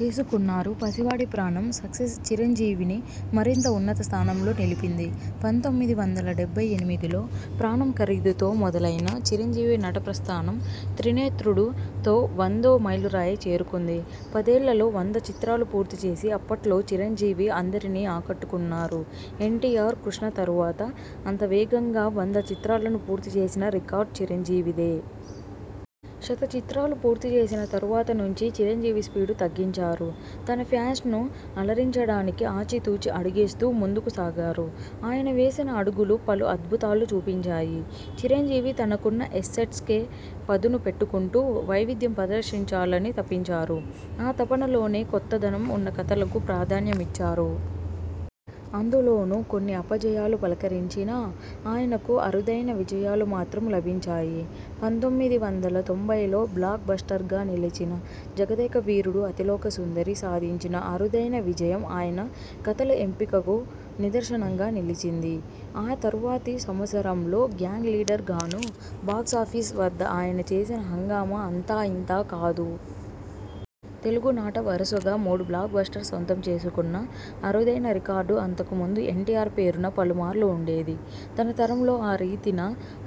చేసుకున్నారు. 'పసివాడి ప్రాణం' సక్సెస్ చిరంజీవిని మరింత ఉన్నత స్థానంలో నిలిపింది. పంతొమ్మిది వందల డెబ్బై ఎనిమిదిలో 'ప్రాణం ఖరీదు'తో మొదలైన చిరంజీవి నటప్రస్థానం 'త్రినేత్రుడు'తో వందో మైలురాయి చేరుకుంది. పదేళ్ళలో వంద చిత్రాలు పూర్తి చేసి, అప్పట్లో చిరంజీవి అందరినీ ఆకట్టుకున్నారు. ఎన్టీఆర్, కృష్ణ తరువాత అంత వేగంగా వంద చిత్రాలను పూర్తి చేసిన రికార్డ్ చిరంజీవిదే. శత చిత్రాలు పూర్తి చేసిన తరువాత నుంచీ చిరంజీవి స్పీడు తగ్గించారు. తన ఫ్యాన్స్ను అలరించడానికి ఆచి తూచి అడుగేస్తూ ముందుకు సాగారు. ఆయన వేసిన అడుగులు పలు అధ్భుతాలు చూపించాయి. చిరంజీవి తనకున్న ఎస్సెట్స్కే పదును పెట్టుకుంటూ వైవిధ్యం ప్రదర్శించాలని తపించారు. ఆ తపన లోనే కొత్త దనం ఉన్న కథలకు ప్రాధాన్యమిచ్చారు. అందులోనూ కొన్ని అపజయాలు పలకరించినా, ఆయనకు అరుదైన విజయాలు మాత్రం లభించాయి. పంతొమ్మిది వందల తొంభైలో బ్లాక్ బస్టర్గా నిలచిన 'జగదేక వీరుడు, అతిలోక సుందరి' సాధించిన అరుదైన విజయం ఆయన కథల ఎంపికకు నిదర్శనంగా నిలచింది. ఆ తరువాతి సంవత్సరంలో 'గ్యాంగ్ లీడర్' గానూ బాక్సాఫీస్ వద్ద ఆయన చేసిన హంగామా అంతా ఇంతా కాదు. తెలుగునాట వరుసగా మూడు బ్లాక్ బస్టర్స్ సొంతం చేసుకున్న అరుదైన రికార్డు అంతకు ముందు ఎన్టీఆర్ పేరున పలుమార్లు ఉండేది. తన తరంలో ఆ రీతిన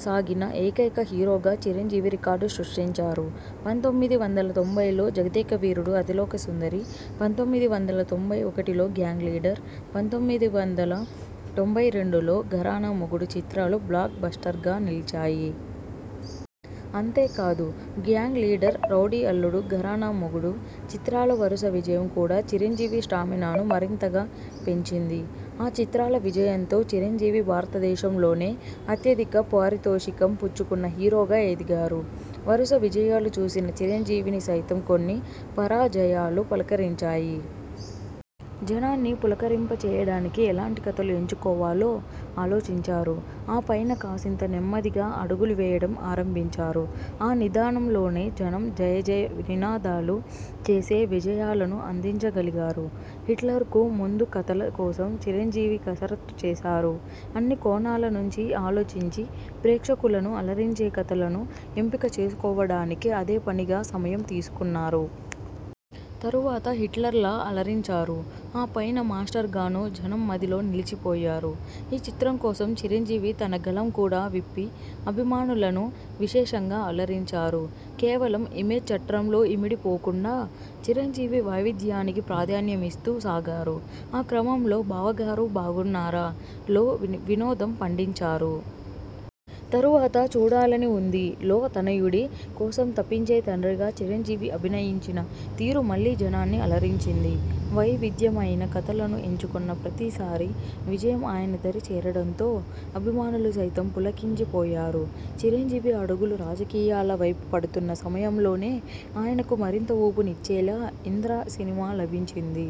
సాగిన ఏకైక హీరోగా చిరంజీవి రికార్డు సృష్టించారు. పంతొమ్మిది వందల తొంభైలో 'జగదేకవీరుడు, అతిలోకసుందరి', పంతొమ్మిది వందల తొంభై ఒకటిలో 'గ్యాంగ్ లీడర్', పంతొమ్మిది వందల తొంభై రెండులో 'ఘరానామొగుడు' చిత్రాలు బ్లాక్ బస్టర్స్గా నిలిచాయి. అంతేకాదు 'గ్యాంగ్ లీడర్, రౌడీ అల్లుడు, ఘరానా మొగుడు' చిత్రాల వరుస విజయం కూడా చిరంజీవి స్టామినాను మరింతగా పెంచింది. ఆ చిత్రాల విజయంతో చిరంజీవి భారతదేశం లోనే అత్యధిక పారితోషికం పుచ్చుకున్న హీరోగా ఎదిగారు. వరుస విజయాలు చూసిన చిరంజీవిని సైతం కొన్ని పరాజయాలు పలకరించాయి. జనాన్ని పులకరింప చేయడానికి ఎలాంటి కథలు ఎంచుకోవాలో ఆలోచించారు. ఆ పైన కాసింత నెమ్మదిగా అడుగులు వేయడం ఆరంభించారు. ఆ నిదానం లోనే జనం జయజయ నినాదాలు చేసే విజయాలను అందించగలిగారు. 'హిట్లర్'కు ముందు కథల కోసం చిరంజీవి కసరత్తు చేశారు. అన్ని కోణాల నుంచీ ఆలోచించి ప్రేక్షకులను అలరించే కథలను ఎంపిక చేసుకోవడానికి అదే పనిగా సమయం తీసుకున్నారు. తరువాత 'హిట్లర్'లా అలరించారు. ఆ పైన 'మాస్టర్'గానూ జనం మదిలో నిలచిపోయారు. ఈ చిత్రం కోసం చిరంజీవి తన గళం కూడా విప్పి అభిమానులను విశేషంగా అలరించారు. కేవలం ఇమేజ్ చట్రంలో ఇమిడి పోకుండా చిరంజీవి వైవిధ్యానికి ప్రాధాన్యమిస్తూ సాగారు. ఆ క్రమంలో 'బావగారూ బాగున్నారా'లో విని వినోదం పండించారు. తరువాత 'చూడాలనివుంది'లో తనయుడి కోసం తపించే తండ్రిగా చిరంజీవి అభినయించిన తీరు మళ్ళీ జనాన్ని అలరించింది. వై విధ్యమైన కథలను ఎంచుకున్న ప్రతీసారి విజయం ఆయన దరి చేరడంతో అభిమానులు సైతం పులకించి పోయారు. చిరంజీవి అడుగులు రాజకీయాల వైపు పడుతున్న సమయంలోనే ఆయనకు మరింత ఊపు నిచ్చేలా 'ఇంద్ర' సినిమా లభించింది.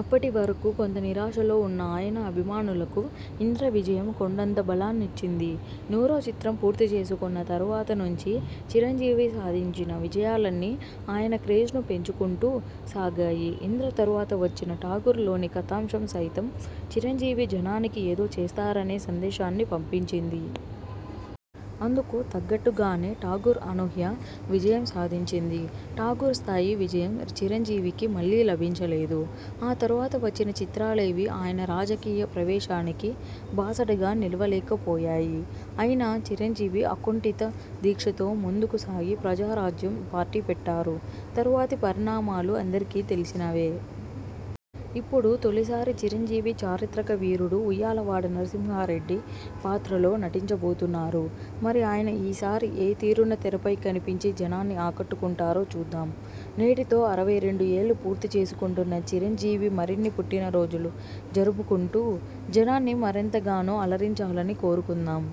అప్పటి వరకు కొంత నిరాశలో ఉన్న ఆయన అభిమానులకు 'ఇంద్ర' విజయం కొండంత బలాన్నిచ్చింది. నూరో చిత్రం పూర్తి చేసుకున్న తరువాత నుంచీ చిరంజీవి సాధించిన విజయాలన్నీ ఆయన క్రేజ్ను పెంచుకుంటూ సాగాయి. 'ఇంద్ర' తరువాత వచ్చిన 'ఠాగూర్' లోని కథాంశం సైతం చిరంజీవి జనానికి ఏదో చేస్తారనే సందేశాన్ని పంపించింది. అందుకు తగ్గట్టుగానే 'ఠాగూర్' అనూహ్య విజయం సాధించింది. 'ఠాగూర్' స్థాయి విజయం చిరంజీవికి మళ్ళీ లభించలేదు. ఆ తరువాత వచ్చిన చిత్రాలేవీ ఆయన రాజకీయ ప్రవేశానికి బాసటగా నిలవలేకపోయాయి. అయినా చిరంజీవి అకుంటిత దీక్షతో ముందుకు సాగి 'ప్రజారాజ్యం' పార్టీ పెట్టారు. తరువాతి పరిణామాలు అందరికీ తెలిసినవే. ఇప్పుడు తొలిసారి చిరంజీవి చారిత్రక వీరుడు 'ఉయ్యాలవాడ నరసింహారెడ్డి' పాత్రలో నటించబోతున్నారు. మరి ఆయన ఈ సారి ఏ తీరున తెరపై కనిపించి జనాన్ని ఆకట్టుకుంటారో చూద్దాం. నేటితో అరవై రెండు ఏళ్ళు పూర్తి చేసుకుంటున్న చిరంజీవి మరిన్ని పుట్టినరోజులు జరుపుకుంటూ, జనాన్ని మరెంతగానో అలరించాలని కోరుకుందాం.